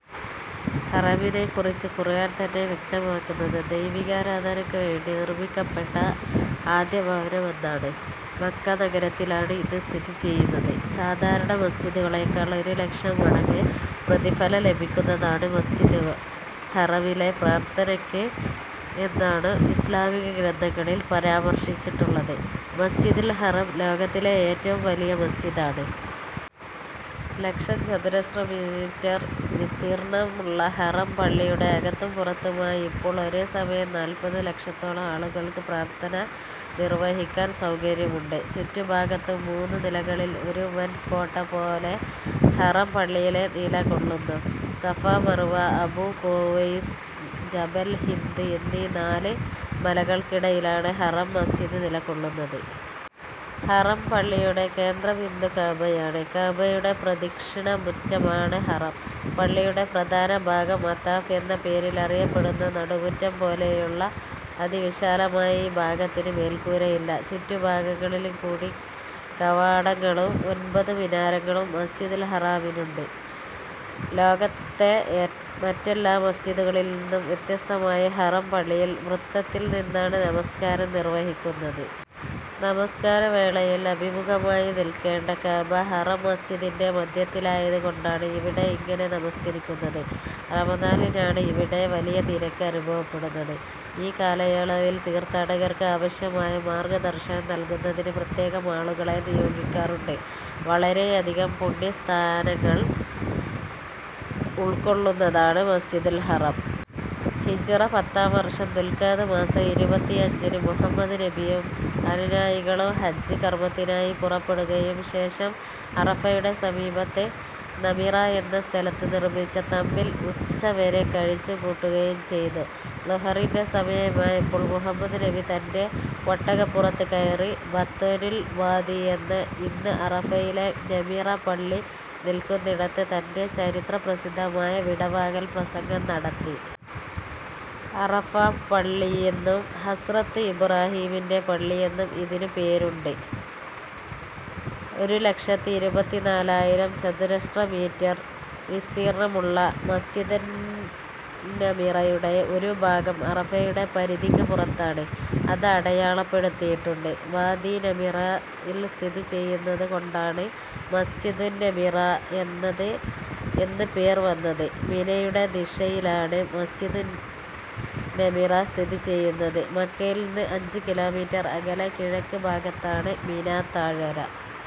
ഹറമിനെ കുറിച്ച് ഖുർആൻ തന്നെ വ്യക്തമാക്കുന്നത് ദൈവികാരാധനക്ക് വേണ്ടി നിർമ്മിക്കപ്പെട്ട ആദ്യഭവനമെന്നാണ്. മക്ക നഗരത്തിലാണ് ഇത് സ്ഥിതി ചെയ്യുന്നത്. സാധാരണ മസ്ജിദുകളെക്കാൾ ഒരു ലക്ഷം മടങ്ങ് പ്രതിഫലം ലഭിക്കുന്നതാണ് മസ്ജിദുൽ ഹറാമിലെ പ്രാർത്ഥനക്ക് എന്നാണു ഇസ്ലാമിക ഗ്രന്ഥങ്ങളിൽ പരാമർശിച്ചിട്ടുള്ളത്. മസ്ജിദുൽ ഹറം ലോകത്തിലെ ഏറ്റവും വലിയ മസ്ജിദ് ആണ്. ലക്ഷം ചതുരശ്ര മീറ്റർ വിസ്തീർണമുള്ള ഹറം പള്ളിയുടെ അകത്തും പുറത്തുമായി ഇപ്പോൾ ഒരേ സമയം നാൽപ്പതു ലക്ഷത്തോളം ആളുകൾക്ക് പ്രാർത്ഥന നിർവഹിക്കാൻ സൌകര്യമുണ്ട്. ചുറ്റു ഭാഗത്തും മൂന്നു നിലകളിൽ ഒരു വൻ കോട്ട പോലെ ഹറം പള്ളി നില കൊള്ളുന്നു. സഫാ, മർവാ, അബൂ ഖുബൈസ്, ജബൽ ഹിന്ദ് എന്നീ നാല് മലകൾക്കിടയിലാണ് ഹറം മസ്ജിദ് നില കൊള്ളുന്നത്. ഹറം പള്ളിയുടെ കേന്ദ്ര ബിന്ദു കഅബയാണ്. കഅബയുടെ പ്രദക്ഷിണ മുറ്റമാണ് ഹറം പള്ളിയുടെ പ്രധാന ഭാഗം. മതാഫ് എന്ന പേരിൽ അറിയപ്പെടുന്ന നടുമുറ്റം പോലെയുള്ള അതിവിശാലമായ ഈ ഭാഗത്തിന് മേൽക്കൂരയില്ല. ചുറ്റു ഭാഗങ്ങളിലും കൂടി കവാടങ്ങളും ഒൻപതു മിനാരങ്ങളും മസ്ജിദുൽ ഹറാമിനുണ്ട്. ലോകത്തിന്റെ മറ്റെല്ലാ മസ്ജിദുകളിൽ നിന്നും വ്യത്യസ്തമായി ഹറം പള്ളിയിൽ വൃത്തത്തിൽ നിന്നാണ് നമസ്കാരം നിർവഹിക്കുന്നത്. നമസ്കാര വേളയിൽ അഭിമുഖമായി നിൽക്കേണ്ട കഅബ ഹറം മസ്ജിദിന്റെ മധ്യത്തിലായത് കൊണ്ടാണ് ഇവിടെ ഇങ്ങനെ നമസ്കരിക്കുന്നത്. റമദാനിൽ ആണ് ഇവിടെ വലിയ തിരക്ക് അനുഭവപ്പെടുന്നത്. ഈ കാലയളവിൽ തീർത്ഥാടകർക്ക് ആവശ്യമായ മാർഗ ദർശനം നൽകുന്നതിന് പ്രത്യേകം ആളുകളെ നിയോഗിക്കാറുണ്ട്. വളരെയധികം പുണ്യസ്ഥാനങ്ങൾ ഉൾക്കൊള്ളുന്നതാന് മസ്ജിദുൽ ഹറം. ഹിജ്റ പത്താം വർഷം ദുൽഖഅദ് മാസം ഇരുപത്തിയഞ്ചിന് മുഹമ്മദ് നബിയും അനുയായികളും ഹജ്ജ് കർമ്മത്തിനായി പുറപ്പെടുകയും ശേഷം അറഫയുടെ സമീപത്ത് നമിറ എന്ന സ്ഥലത്ത് നിർമ്മിച്ച തമ്പിൽ ഉച്ചവരെ കഴിച്ചു കൂട്ടുകയും ചെയ്തു. ളുഹറിൻറെ സമയമായപ്പോൾ മുഹമ്മദ് നബി തൻറെ ഒട്ടകപുറത്ത് കയറി ബത്വനുൽ വാദി എന്ന ഇന്ന് അറഫയിലെ നമിറ പള്ളി നിൽക്കുന്നിടത്ത് തൻറെ ചരിത്രപ്രസിദ്ധമായ വിടവാങ്ങൽ പ്രസംഗം നടത്തി. അറഫാ പള്ളിയെന്നും ഹസ്രത്ത് ഇബ്റാഹീമിന്റെ പള്ളിയെന്നും ഇതിനു പേരുണ്ട്. ഒരു ലക്ഷത്തി ഇരുപത്തിനാലായിരം ചതുരശ്രമീറ്റർ വിസ്തീർണമുള്ള മസ്ജിദുന്നമിറയുടെ ഒരു ഭാഗം അറഫയുടെ പരിധിക്ക് പുറത്താണ്. അത് അടയാളപ്പെടുത്തിയിട്ടുണ്ട്. വാദീ നമിറയിൽസ്ഥിതിചെയ്യുന്നത് കൊണ്ടാണിതിന് മസ് ജിദുന്നമിറ എന്ന് പേർവന്നത്. മിനയുടെ ദിശയിലാണ് മസ് ജിദുന്നമിറ സ്ഥിതിചെയ്യുന്നത്. മക്കയിൽ നിന്ന് അഞ്ച് കിലോമീറ്റർ അകലെ കിഴക്ക് ഭാഗത്താണ് മിനാ താഴ്വര.